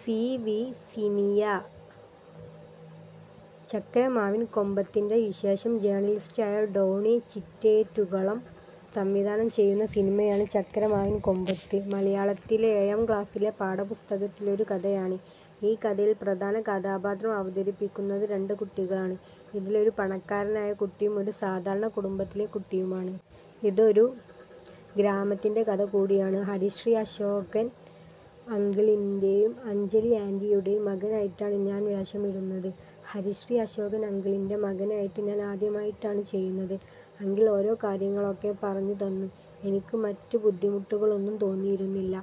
C. V Siniya ചക്കരമാവിൻ കൊമ്പത്തിൻറെ വിശേഷം ജേണലിസ്റ്റായ ടോണി ചിറ്റേറ്റുകളം സംവിധാനം ചെയ്യുന്ന സിനിമയാണ് ചക്കരമാവിൻ കൊമ്പത്ത്. മലയാളത്തിലെ ഏഴാം ക്ലാസിലെ പാഠപുസ്തകത്തിലെ ഒരു കഥയാണ്. ഈ കഥയിൽ പ്രധാന കഥാപാത്രം അവതരിപ്പിക്കുന്നത് രണ്ട് കുട്ടികളാണ്. ഇതിലെ ഒരു പണക്കാരനായ കുട്ടിയും ഒരു സാധാരണ കുടുംബത്തിലെ കുട്ടിയുമാണ്. ഇതൊരു ഗ്രാമത്തിൻറെ കഥകൂടിയാണ്. ഹരിശ്രീ അശോകൻ അങ്കിളിന്റെയും അഞ്ജലി ആന്റിയുടെയും മകനായിട്ടാണ് ഞാൻ വേഷമിടുന്നത്. ഹരിശ്രീ അശോകൻ അങ്കിളിൻറെ മകനായിട്ട് ഞാൻ ആദ്യമായിട്ടാണ് ചെയ്യുന്നത്. അങ്കിൾ ഓരോ കാര്യങ്ങളൊക്കെ പറഞ്ഞു തന്നു. എനിക്ക് മറ്റ് ബുദ്ധിമുട്ടുകളൊന്നും തോന്നിയിരുന്നില്ല.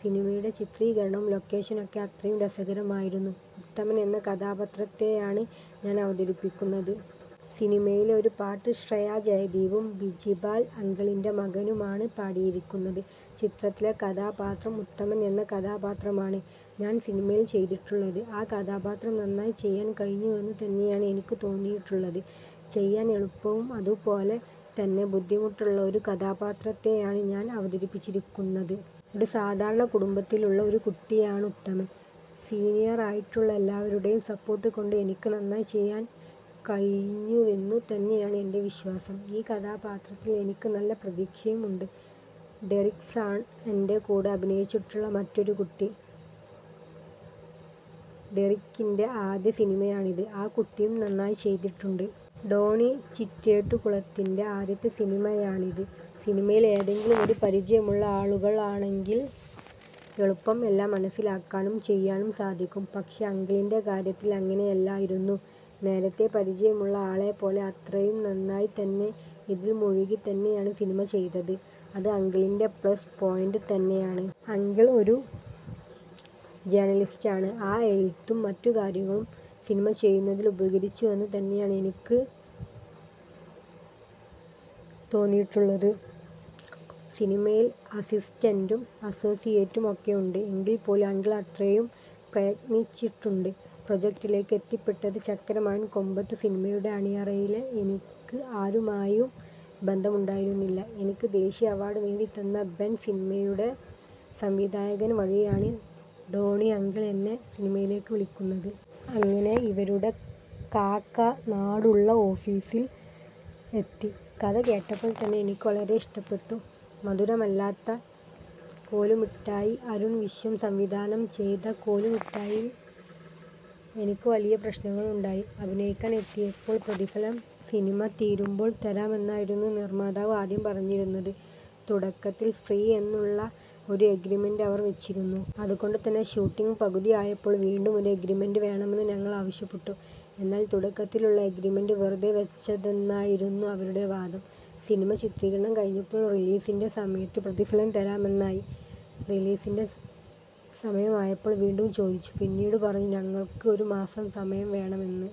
സിനിമയുടെ ചിത്രീകരണവും ലൊക്കേഷനൊക്കെ അത്രയും രസകരമായിരുന്നു. ഉത്തമൻ എന്ന കഥാപാത്രത്തെയാണ് ഞാൻ അവതരിപ്പിക്കുന്നത്. സിനിമയിലെ ഒരു പാട്ട് ശ്രേയ ജയദീപും ബിജിപാൽ അങ്കിളിൻറെ മകനുമാണ് പാടിയിരിക്കുന്നത്. ചിത്രത്തിലെ കഥാപാത്രം ഉത്തമൻ എന്ന കഥാപാത്രമാണ് ഞാൻ സിനിമയിൽ ചെയ്തിട്ടുള്ളത്. ആ കഥാപാത്രം നന്നായി ചെയ്യാൻ കഴിഞ്ഞുവെന്ന് തന്നെയാണ് എനിക്ക് തോന്നിയിട്ടുള്ളത്. ചെയ്യാൻ എളുപ്പവും അതുപോലെ തന്നെ ബുദ്ധിമുട്ടുള്ള ഒരു കഥാപാത്രത്തെയാണ് ഞാൻ അവതരിപ്പിച്ചിരിക്കുന്നത്. ഒരു സാധാരണകുടുംബത്തിലുള്ള ഒരു കുട്ടിയാണ് ഉത്തമൻ. സിനീയറായിട്ടുള്ള എല്ലാവരുടെയും സപ്പോർട്ടുകൊണ്ട് എനിക്ക് നന്നായി ചെയ്യാൻ കഴിഞ്ഞുവെന്നു തന്നെയാണ് എൻറെ വിശ്വാസം. ഈ കഥാപാത്രത്തിൽ എനിക്ക് നല്ല പ്രതീക്ഷയും ഉണ്ട്. ഡെറിക്സാണ് എൻറെ കൂടെ അഭിനയിച്ചിട്ടുള്ള മറ്റൊരു കുട്ടി. ഡെറിക്കിൻറെ ആദ്യ സിനിമയാണിത്. ആ കുട്ടിയും നന്നായി ചെയ്തിട്ടുണ്ട്. ടോണി ചിറ്റേട്ടുകളത്തിൻറെ ആദ്യത്തെ സിനിമയാണിത്. സിനിമയിൽ എന്തെങ്കിലും ഒരു പരിചയമുള്ള ആളുകൾക്കാണെങ്കിൽ എളുപ്പം എല്ലാം മനസ്സിലാക്കാനും ചെയ്യാനും സാധിക്കും. പക്ഷേ അങ്കിളിൻറെ കാര്യത്തിൽ അങ്ങനെയല്ലായിരുന്നു. നേരത്തെ പരിചയമുള്ള ആളെ പോലെ അത്രയും നന്നായി തന്നെ ഇതിൽ മുഴുകി തന്നെയാണ് സിനിമ ചെയ്തത്. അത് അങ്കിളിൻറെ പ്ലസ് പോയിൻറെ തന്നെയാണ്. അങ്കിൾ ഒരു ജേർണലിസ്റ്റാണ്. ആ എഴുത്തും മറ്റുകാര്യങ്ങളും സിനിമ ചെയ്യുന്നതിൽ ഉപകരിച്ചുവെന്ന് തന്നെയാണ് എനിക്ക് തോന്നിയിട്ടുള്ളത്. സിനിമയിൽ അസിസ്റ്റന്റും അസോസിയേറ്റും ഒക്കെ ഉണ്ട്. എങ്കിൽ പോലും അങ്കിൾ അത്രയും പ്രയത്നിച്ചിട്ടുണ്ട്. പ്രൊജക്ടിലേക്ക് എത്തിപ്പെട്ടത് ചക്കരമാവിൻ കൊമ്പത്ത് സിനിമയുടെ അണിയറയിലെ എനിക്ക് ആരുമായും ബന്ധമുണ്ടായിരുന്നില്ല. എനിക്ക് ദേശീയ അവാർഡ് നേടി തന്നെ ബെൻ സിനിമയുടെ സംവിധായകൻ വഴിയാണ് ടോണി അങ്കിൾ എന്നെ സിനിമയിലേക്ക് വിളിക്കുന്നത്. അങ്ങനെ ഇവരുടെ കാക്കനാടുള്ള ഓഫീസിൽ എത്തി. കഥ കേട്ടപ്പോൾ തന്നെ എനിക്ക് വളരെ ഇഷ്ടപ്പെട്ടു. മധുരമല്ലാത്ത കോലുമിഠായി അരുൺ വിശ്വം സംവിധാനം ചെയ്ത കോലുമിഠായിൽ എനിക്ക് വലിയ പ്രശ്നങ്ങളുണ്ടായി. അഭിനയിക്കാൻ എത്തിയപ്പോൾ പ്രതിഫലം സിനിമ തീരുമ്പോൾ തരാമെന്നായിരുന്നു നിർമാതാവ് ആദ്യം പറഞ്ഞിരുന്നത്. തുടക്കത്തിൽ ഫ്രീ എന്നുള്ള ഒരു എഗ്രിമെൻറ് അവർ വച്ചിരുന്നു. അതുകൊണ്ട് തന്നെ ഷൂട്ടിംഗ് പകുതിയായപ്പോൾ വീണ്ടും ഒരു എഗ്രിമെൻറ് വേണമെന്ന് ഞങ്ങൾ ആവശ്യപ്പെട്ടു. എന്നാൽ തുടക്കത്തിലുള്ള എഗ്രിമെൻറ് വെറുതെ വച്ചതെന്നായിരുന്നു അവരുടെ വാദം. സിനിമ ചിത്രീകരണം കഴിഞ്ഞപ്പോൾ റിലീസിൻറെ സമയത്ത് പ്രതിഫലം തരാമെന്നായി. റിലീസിൻറെ സമയമായപ്പോൾ വീണ്ടും ചോദിച്ചു. പിന്നീട് പറഞ്ഞു ഞങ്ങൾക്ക് ഒരുമാസം സമയം വേണമെന്ന്.